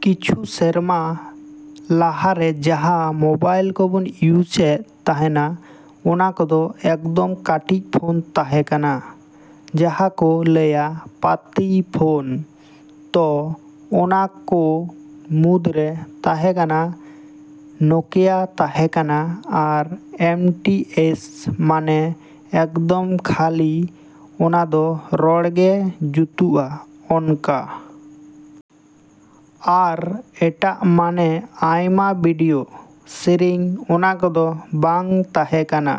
ᱠᱤᱪᱷᱩ ᱥᱮᱨᱢᱟ ᱞᱟᱦᱟᱨᱮ ᱡᱟᱦᱟᱸ ᱢᱚᱵᱟᱭᱤᱞ ᱠᱚᱵᱚᱱ ᱤᱭᱩᱡᱮᱫ ᱛᱟᱦᱮᱱᱟ, ᱚᱱᱟ ᱠᱚᱫᱚ ᱮᱠᱫᱚᱢ ᱠᱟᱹᱴᱤᱡ ᱯᱷᱳᱱ ᱛᱟᱦᱮᱠᱟᱱᱟ, ᱡᱟᱦᱟᱸ ᱠᱚ ᱞᱟᱹᱭᱟ ᱯᱟᱛᱤ ᱯᱷᱳᱱ᱾ ᱛᱚ, ᱚᱱᱟᱠᱚ ᱢᱩᱫ ᱨᱮ ᱛᱟᱦᱮᱸ ᱠᱟᱱᱟ ᱱᱚᱠᱤᱭᱟ ᱛᱟᱦᱮᱠᱟᱱᱟ ᱟᱨ ᱮᱢ ᱴᱤ ᱮᱥ ᱢᱟᱱᱮ ᱮᱠᱫᱚᱢ ᱠᱷᱟᱹᱞᱤ ᱚᱱᱟᱫᱚ ᱨᱚᱲ ᱜᱮ ᱡᱩᱛᱩᱜᱼᱟ ᱚᱱᱠᱟ᱾ ᱟᱨ ᱮᱴᱟᱜ ᱢᱟᱱᱮ ᱟᱭᱢᱟ ᱵᱤᱰᱤᱭᱳ, ᱥᱮᱨᱮᱧ ᱚᱱᱟ ᱠᱚᱫᱚ ᱵᱟᱝ ᱛᱟᱦᱮᱸ ᱠᱟᱱᱟ᱾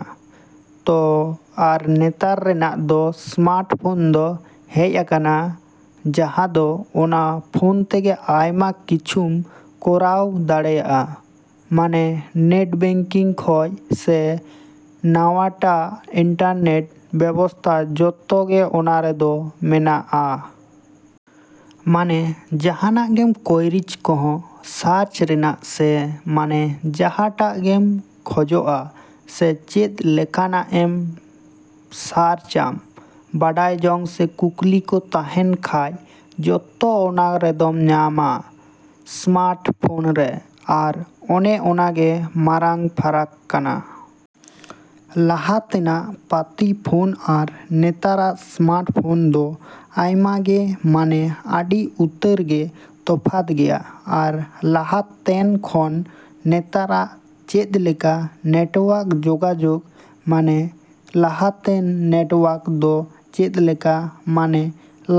ᱛᱚ, ᱟᱨ ᱱᱮᱛᱟᱨ ᱨᱮᱱᱟᱜ ᱫᱚ ᱥᱢᱟᱨᱴ ᱯᱷᱳᱱ ᱫᱚ ᱦᱮᱡ ᱟᱠᱱᱟ᱾ ᱡᱟᱦᱟᱸ ᱫᱚ ᱚᱱᱟ ᱯᱷᱳᱱ ᱛᱮᱜᱮ ᱟᱭᱢᱟ ᱠᱤᱪᱷᱩᱢ ᱠᱚᱨᱟᱣ ᱫᱟᱲᱮᱭᱟᱜᱼᱟ᱾ ᱢᱟᱱᱮ ᱱᱮᱴ ᱵᱮᱝᱠᱤᱝ ᱠᱷᱚᱡ ᱥᱮ ᱱᱟᱣᱟᱴᱟᱜ ᱤᱱᱴᱟᱨᱱᱮᱴ ᱵᱮᱵᱚᱥᱛᱟ ᱡᱚᱛᱚ ᱜᱮ ᱚᱱᱟᱨᱮᱫᱚ ᱢᱮᱱᱟᱜᱼᱟ᱾ ᱢᱟᱱᱮ ᱡᱟᱦᱟᱱᱟᱜ ᱠᱚᱭᱨᱤᱪ ᱠᱚᱦᱚᱸ ᱥᱟᱨᱪ ᱨᱮᱱᱟᱜ ᱥᱮ, ᱢᱟᱱᱮ ᱡᱟᱦᱟᱸᱴᱟᱜ ᱜᱮᱢ ᱠᱷᱚᱡᱚᱜᱼᱟ ᱥᱮ ᱪᱮᱫ ᱞᱮᱠᱟᱱᱟᱜ ᱮᱢ ᱥᱟᱨᱪᱟᱢ, ᱵᱟᱰᱟᱭ ᱡᱚᱝ ᱥᱮ ᱠᱩᱠᱞᱤ ᱠᱚ ᱛᱟᱦᱮᱱ ᱠᱷᱟᱡ ᱡᱷᱚᱛᱚ ᱚᱱᱟ ᱨᱮᱫᱚᱢ ᱧᱟᱢᱟ, ᱥᱢᱟᱨᱴ ᱯᱷᱳᱱ ᱨᱮ᱾ ᱟᱨ ᱚᱱᱮ ᱚᱱᱟ ᱜᱮ ᱢᱟᱨᱟᱝ ᱯᱷᱟᱨᱟᱠ ᱠᱟᱱᱟ᱾ ᱞᱟᱦᱟ ᱛᱮᱱᱟᱜ ᱯᱟᱛᱤ ᱯᱷᱳᱱ ᱟᱨ ᱱᱮᱛᱟᱨᱟᱜ ᱥᱢᱟᱨᱴ ᱯᱷᱚᱱ ᱫᱚ ᱟᱭᱢᱟ ᱜᱮ ᱢᱟᱱᱮ ᱟᱹᱰᱤ ᱩᱛᱟᱹᱨ ᱜᱮ ᱛᱚᱯᱷᱟᱛ ᱜᱮᱭᱟ᱾ ᱟᱨ ᱞᱟᱦᱟ ᱛᱮᱱ ᱠᱷᱚᱱ ᱱᱮᱛᱟᱨᱟᱜ ᱪᱮᱫᱞᱮᱠᱟ ᱱᱮᱴᱚᱣᱟᱨᱠ ᱡᱚᱜᱟᱡᱚᱜᱽ ᱢᱟᱱᱮ ᱞᱟᱦᱟᱛᱮᱱ ᱱᱮᱴᱚᱣᱟᱨᱠ ᱫᱚ ᱪᱮᱫᱞᱮᱠᱟ ᱢᱟᱱᱮ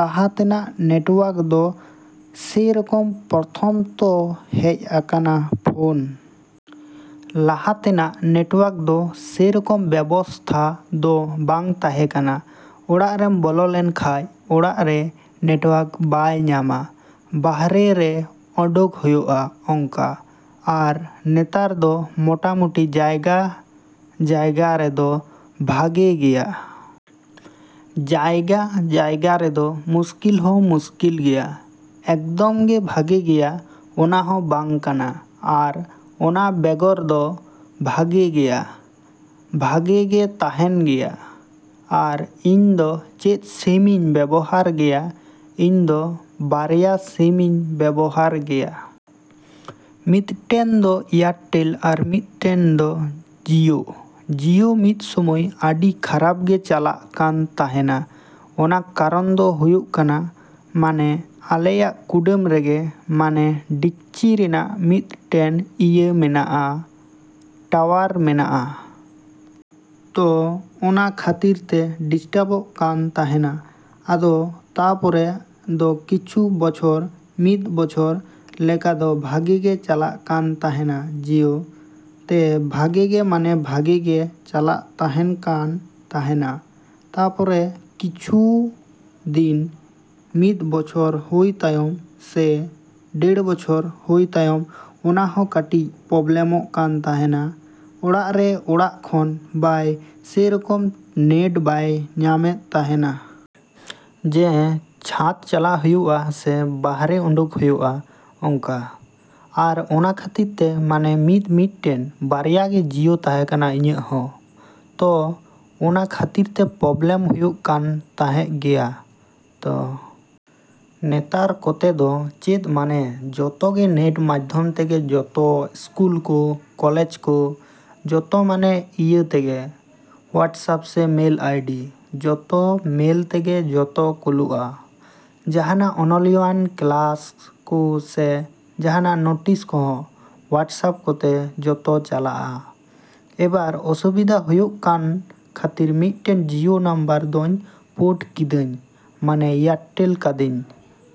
ᱞᱟᱦᱟ ᱛᱮᱱᱟᱜ ᱱᱮᱴᱚᱣᱟᱨᱠ ᱫᱚ ᱥᱮᱨᱚᱠᱚᱢ ᱯᱨᱚᱛᱷᱚᱢ ᱛᱚ ᱦᱮᱡ ᱟᱠᱟᱱᱟ ᱯᱷᱳᱱ᱾ ᱞᱟᱦᱟ ᱛᱮᱱᱟᱜ ᱱᱮᱴᱚᱣᱟᱨᱠ ᱫᱚ ᱥᱮᱨᱚᱠᱚᱢ ᱵᱮᱵᱚᱥᱛᱷᱟ ᱫᱚ ᱵᱟᱝ ᱛᱟᱦᱮᱸ ᱠᱟᱱᱟ᱾ ᱚᱲᱟᱜ ᱨᱮᱢ ᱵᱚᱞᱚ ᱞᱮᱱ ᱠᱷᱟᱡ, ᱚᱲᱟᱜ ᱨᱮ ᱱᱮᱴᱚᱣᱟᱨᱠ ᱵᱟᱭ ᱧᱟᱢᱟ᱾ ᱵᱟᱨᱦᱮ ᱨᱮ ᱚᱰᱚᱠ ᱦᱩᱭᱩᱜᱼᱟ ᱚᱝᱠᱟ᱾ ᱟᱨ ᱱᱮᱛᱟᱨ ᱫᱚ ᱢᱚᱴᱟᱢᱩᱴᱤ ᱡᱟᱭᱜᱟᱼᱡᱟᱭᱜᱟ ᱨᱮᱫᱚ ᱵᱷᱟᱜᱮ ᱜᱮᱭᱟ᱾ ᱡᱟᱭᱜᱟᱼᱡᱟᱭᱜᱟ ᱨᱮᱫᱚ ᱢᱩᱥᱠᱤᱞ ᱦᱚᱸ ᱢᱩᱥᱠᱤᱞ ᱜᱮᱭᱟ᱾ ᱮᱠᱫᱚᱢ ᱜᱮ ᱵᱷᱟᱜᱮ ᱜᱮᱭᱟ, ᱚᱱᱟ ᱦᱚᱸ ᱵᱟᱝ ᱠᱟᱱᱟ᱾ ᱟᱨ ᱚᱱᱟ ᱵᱮᱜᱚᱨ ᱫᱚ ᱵᱷᱟᱜᱮ ᱜᱮᱭᱟ᱾ ᱵᱷᱟᱜᱮ ᱜᱮ ᱛᱟᱦᱮᱱ ᱜᱮᱭᱟ᱾ ᱟᱨ ᱤᱧ ᱫᱚ ᱪᱮᱫ ᱥᱤᱢᱤᱧ ᱵᱮᱵᱚᱦᱟᱨ ᱜᱮᱭᱟ, ᱤᱧ ᱫᱚ ᱵᱟᱨᱭᱟ ᱥᱤᱢᱤᱧ ᱵᱮᱵᱚᱦᱟᱨ ᱜᱮᱭᱟ᱾ ᱢᱤᱫᱴᱮᱱ ᱫᱚ ᱮᱭᱟᱨᱴᱮᱞ ᱟᱨ ᱢᱤᱫᱴᱮᱱ ᱫᱚ ᱡᱤᱭᱳ᱾ ᱡᱤᱭᱳ ᱢᱤᱫ ᱥᱚᱢᱚᱭ ᱟᱹᱰᱤ ᱠᱷᱟᱨᱟᱯ ᱜᱮ ᱪᱟᱞᱟᱜ ᱠᱟᱱ ᱛᱟᱦᱮᱱᱟ ᱚᱱᱟ ᱠᱟᱨᱚᱱ ᱫᱚ ᱦᱩᱭᱩᱜ ᱠᱟᱱᱟ᱾ ᱢᱟᱱᱮ ᱟᱞᱮᱭᱟᱜ ᱠᱩᱰᱟᱹᱢ ᱨᱮᱜᱮ ᱢᱟᱱᱮ ᱰᱤᱠᱪᱤ ᱨᱮᱱᱟᱜ ᱢᱤᱫᱴᱮᱱ ᱤᱭᱟᱹ ᱢᱮᱱᱟᱜᱼᱟ, ᱴᱟᱣᱟᱨ ᱢᱮᱱᱟᱜᱼᱟ᱾ ᱛᱚ, ᱚᱱᱟ ᱠᱷᱟᱹᱛᱤᱨ ᱛᱮ ᱰᱤᱥᱴᱟᱵᱚᱜ ᱠᱟᱱ ᱛᱟᱦᱮᱱᱟ᱾ ᱟᱫᱚ ᱛᱟᱨᱯᱚᱨᱮ ᱫᱚ ᱠᱤᱪᱷᱩ ᱵᱚᱪᱷᱚᱨ, ᱢᱤᱫ ᱵᱚᱪᱷᱚᱨ ᱞᱮᱠᱟᱫᱚ ᱵᱷᱟᱜᱮ ᱜᱮ ᱪᱟᱞᱟᱜ ᱠᱟᱱ ᱛᱟᱦᱮᱱᱟ ᱡᱤᱭᱳ᱾ ᱛᱮ, ᱵᱷᱟᱜᱮ ᱢᱟᱱᱮ ᱵᱷᱟᱜᱮ ᱜᱮ ᱪᱟᱞᱟᱜ ᱛᱟᱦᱮᱱ ᱠᱟᱱ ᱛᱟᱦᱮᱱᱟ᱾ ᱛᱟᱯᱚᱨᱮ ᱠᱤᱪᱷᱩ ᱫᱤᱱ ᱢᱤᱫ ᱵᱚᱪᱷᱚᱨ ᱦᱩᱭ ᱛᱟᱭᱚᱢ ᱥᱮ ᱰᱮᱲ ᱵᱚᱪᱷᱚᱨ ᱦᱩᱭ ᱛᱟᱭᱚᱢ ᱚᱱᱟ ᱦᱚᱸ ᱠᱟᱹᱴᱤᱡ ᱯᱨᱚᱵᱞᱮᱢᱚᱜ ᱠᱟᱱ ᱛᱟᱦᱮᱱᱟ, ᱚᱲᱟᱜ ᱨᱮ ᱚᱲᱟᱜ ᱠᱷᱚᱱ ᱵᱟᱭ, ᱥᱮᱨᱚᱠᱚᱢ ᱱᱮᱴ ᱵᱟᱭ ᱧᱟᱢᱮᱫ ᱛᱟᱦᱮᱱᱟ᱾ ᱡᱮ, ᱪᱷᱟᱸᱫᱽ ᱪᱟᱞᱟᱜ ᱦᱩᱭᱩᱜᱼᱟ ᱥᱮ ᱵᱟᱨᱦᱮ ᱚᱰᱚᱠ ᱦᱩᱭᱩᱜᱼᱟ ᱚᱱᱠᱟ᱾ ᱟᱨ ᱚᱱᱟ ᱠᱷᱟᱹᱛᱤᱨ ᱛᱮ ᱢᱟᱱᱮ ᱢᱤᱫ ᱢᱤᱫᱴᱮᱱ, ᱵᱟᱨᱭᱟ ᱜᱮ ᱡᱤᱭᱳ ᱛᱟᱦᱮᱸ ᱠᱟᱱᱟ ᱤᱧᱟᱹᱜ ᱦᱚᱸ᱾ ᱛᱚ, ᱚᱱᱟ ᱠᱟᱹᱛᱤᱨ ᱛᱮ ᱯᱨᱚᱵᱞᱮᱢ ᱦᱩᱭᱩᱜ ᱠᱟᱱ ᱛᱟᱦᱮᱸᱜ ᱜᱮᱭᱟ᱾ ᱛᱚ, ᱱᱮᱛᱟᱨ ᱠᱚᱛᱮ ᱫᱚ ᱪᱮᱫ ᱢᱟᱱᱮ ᱡᱚᱛᱚ ᱜᱮ ᱱᱮᱴ ᱢᱟᱫᱽᱫᱷᱚᱢ ᱛᱮᱜᱮ ᱡᱚᱛᱚ ᱥᱠᱩᱞ ᱠᱚ, ᱠᱚᱞᱮᱡᱽ ᱠᱚ ᱡᱷᱚᱛᱚ ᱢᱟᱱᱮ ᱤᱭᱟᱹ ᱛᱮᱜᱮ, ᱦᱚᱣᱟᱴᱥᱮᱯ ᱥᱮ ᱢᱮᱞ ᱟᱭᱰᱤ ᱡᱷᱚᱛᱚ ᱢᱮᱞ ᱛᱮᱜᱮ ᱡᱷᱚᱛᱚ ᱠᱩᱞᱳᱜᱼᱟ, ᱡᱟᱦᱟᱱᱟᱜ ᱚᱱᱞᱟᱭᱤᱱ ᱠᱞᱟᱥ ᱠᱚ ᱥᱮ ᱡᱟᱦᱟᱱᱟᱜ ᱱᱚᱴᱤᱥ ᱠᱚᱦᱚᱸ ᱦᱚᱣᱟᱴᱥᱮᱯ ᱠᱚᱛᱮ ᱡᱷᱚᱛᱚ ᱪᱟᱞᱟᱜᱼᱟ, ᱮᱵᱟᱨ ᱚᱥᱩᱵᱤᱫᱟ ᱦᱩᱭᱩᱜ ᱠᱟᱱ ᱠᱷᱟᱹᱛᱤᱨ ᱢᱤᱫᱴᱮᱱ ᱡᱤᱭᱳ ᱱᱟᱢᱵᱟᱨ ᱫᱩᱧ ᱯᱳᱨᱴ ᱠᱤᱫᱟᱹᱧ ᱢᱟᱱᱮ ᱮᱭᱟᱨᱴᱮᱞ ᱠᱟᱹᱫᱤᱧ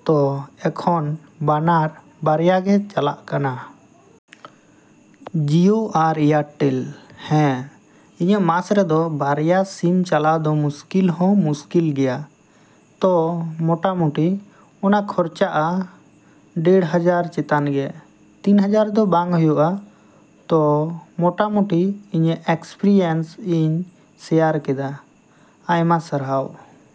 ᱛᱚ, ᱮᱠᱷᱚᱱ ᱵᱟᱱᱟᱨ ᱵᱟᱨᱭᱟ ᱜᱮ ᱪᱟᱞᱟᱜ ᱠᱟᱱᱟ᱾ ᱡᱤᱭᱳ ᱟᱨ ᱮᱭᱟᱨᱴᱮᱞ᱾ ᱦᱮᱸ, ᱤᱧᱟᱹᱜ ᱢᱟᱥ ᱨᱮᱫᱚ ᱵᱟᱨᱭᱟ ᱥᱤᱢ ᱪᱟᱞᱟᱣ ᱫᱚ ᱢᱩᱥᱠᱤᱞ ᱦᱚᱸ ᱢᱩᱥᱠᱤᱞ ᱜᱮᱭᱟ᱾ ᱛᱚ, ᱢᱚᱴᱟᱢᱩᱴᱤ, ᱚᱱᱟ ᱠᱷᱚᱨᱪᱟᱜᱼᱟ ᱰᱮᱲ ᱦᱟᱡᱟᱨ ᱪᱮᱛᱟᱱ ᱜᱮ ᱛᱤᱱ ᱦᱟᱡᱟᱨ ᱫᱚ ᱵᱟᱝ ᱦᱩᱭᱩᱜᱼᱟ᱾ ᱛᱚ, ᱢᱚᱴᱟᱢᱚᱴᱤ ᱤᱧᱟᱹᱜ ᱮᱠᱥᱯᱮᱨᱤᱭᱮᱱᱥᱤᱧ ᱥᱮᱭᱟᱨ ᱠᱮᱫᱟ᱾ ᱟᱭᱢᱟ ᱥᱟᱨᱦᱟᱣ!